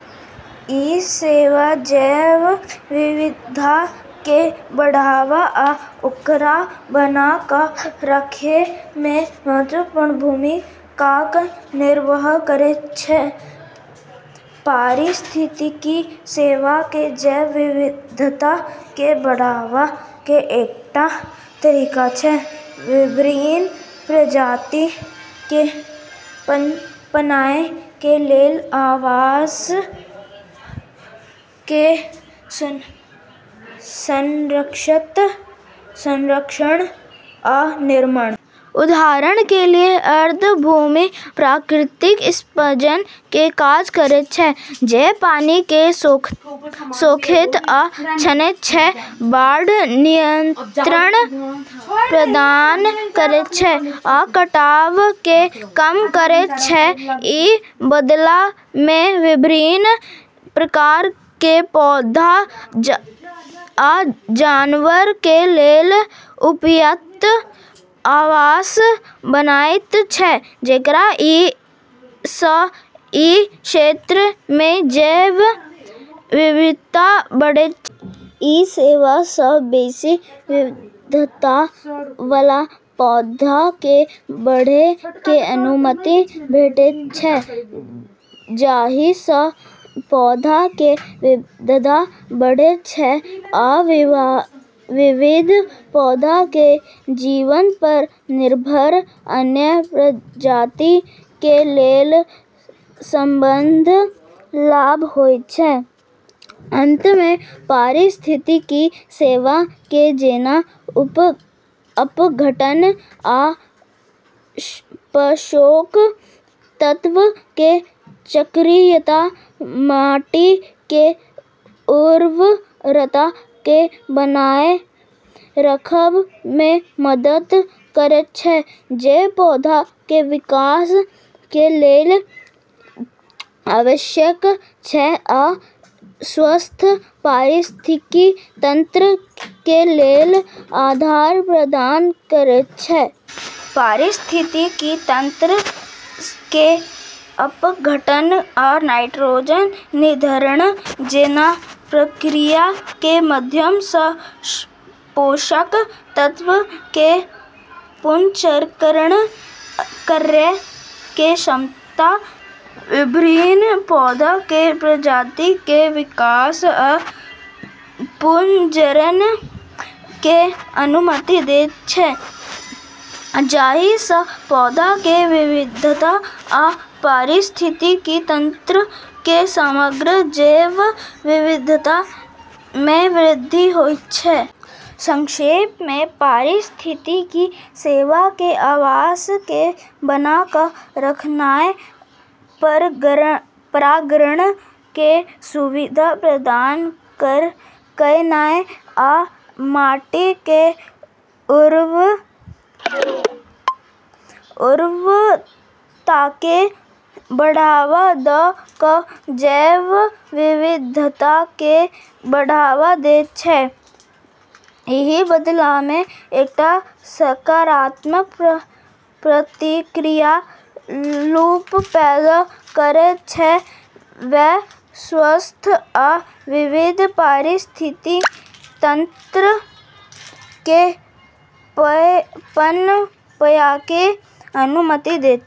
ई सेवा जैव विविधता के बढ़ावा आ ओकरा बना क' रखयमे महत्वपूर्ण भूमिकाक निर्वाह करैत छै। पारिस्थितिकी सेवा के जैव विविधता के बढ़ावा के एकटा तरीका छै विभिन्न प्रजाति के पनपनाय के लेल आवास के संरक्षण आ निर्माण। उदाहरण के लिए आर्द्रभूमि प्राकृतिक स्पंज के काज करैत छै, जे पानी के सोखैत आ छानैत छै, बाढ़ नियंत्रण प्रदान करैत छै, आ कटाव के कम करैत छै। ई बदला में विभिन्न प्रकार के पौधा आ जानवर के लेल उपयुक्त आवास बनायत छै, जेकरा सँ ई क्षेत्र में जैव विविधता बढ़ैत छै। ई सेवा सँ बेसि विविधतावला पौधाके बढ़य के अनुमति भेटैत छै, जाहिसँ पौधा के विविधता बढ़ैत छै आ विविध पौधा के जीवन पर निर्भर अन्य प्रजाति के लेल संबद्ध लाभ होइत छै। अंत में, पारिस्थितिकी सेवा के जेना अपघटन आ पोषक तत्व के चक्रीयता माटि के उर्वरता के बनाए रखब में मदद करैत छै, जे पौधा के विकास के लेल आवश्यक छै आ स्वस्थ पारिस्थितिकी तंत्र के लेल आधार प्रदान करैत छै। पारिस्थितिकी तंत्र के अपघटन आ नाइट्रोजन निर्धारण जैना प्रक्रिया के माध्यम सँ पोषक तत्व के पुनर्चक्रण करय के क्षमता विभिन्न पौधा के प्रजाति के विकास आ पुनर्जनन के अनुमति दैत छै, जाहिसँ पौधा के विविधता आ पारिस्थितिकी तंत्र के समग्र जैव विविधता में वृद्धि होइत छै। संक्षेप में, पारिस्थितिकी सेवा के आवास के बना क' रखनाय, परागण के सुविधा प्रदान कयनाय, आ माटि के उर्वरताकेँ बढ़ावा दऽ कऽ जैव विविधताकेँ बढ़ावा दैत छै। एहि बदलामे एकटा सकारात्मक प्रतिक्रिया लूप पैदा करैत छै, जे स्वस्थ आ विविध पारिस्थितिकी तंत्र के पनपयके अनुमति दैत छै।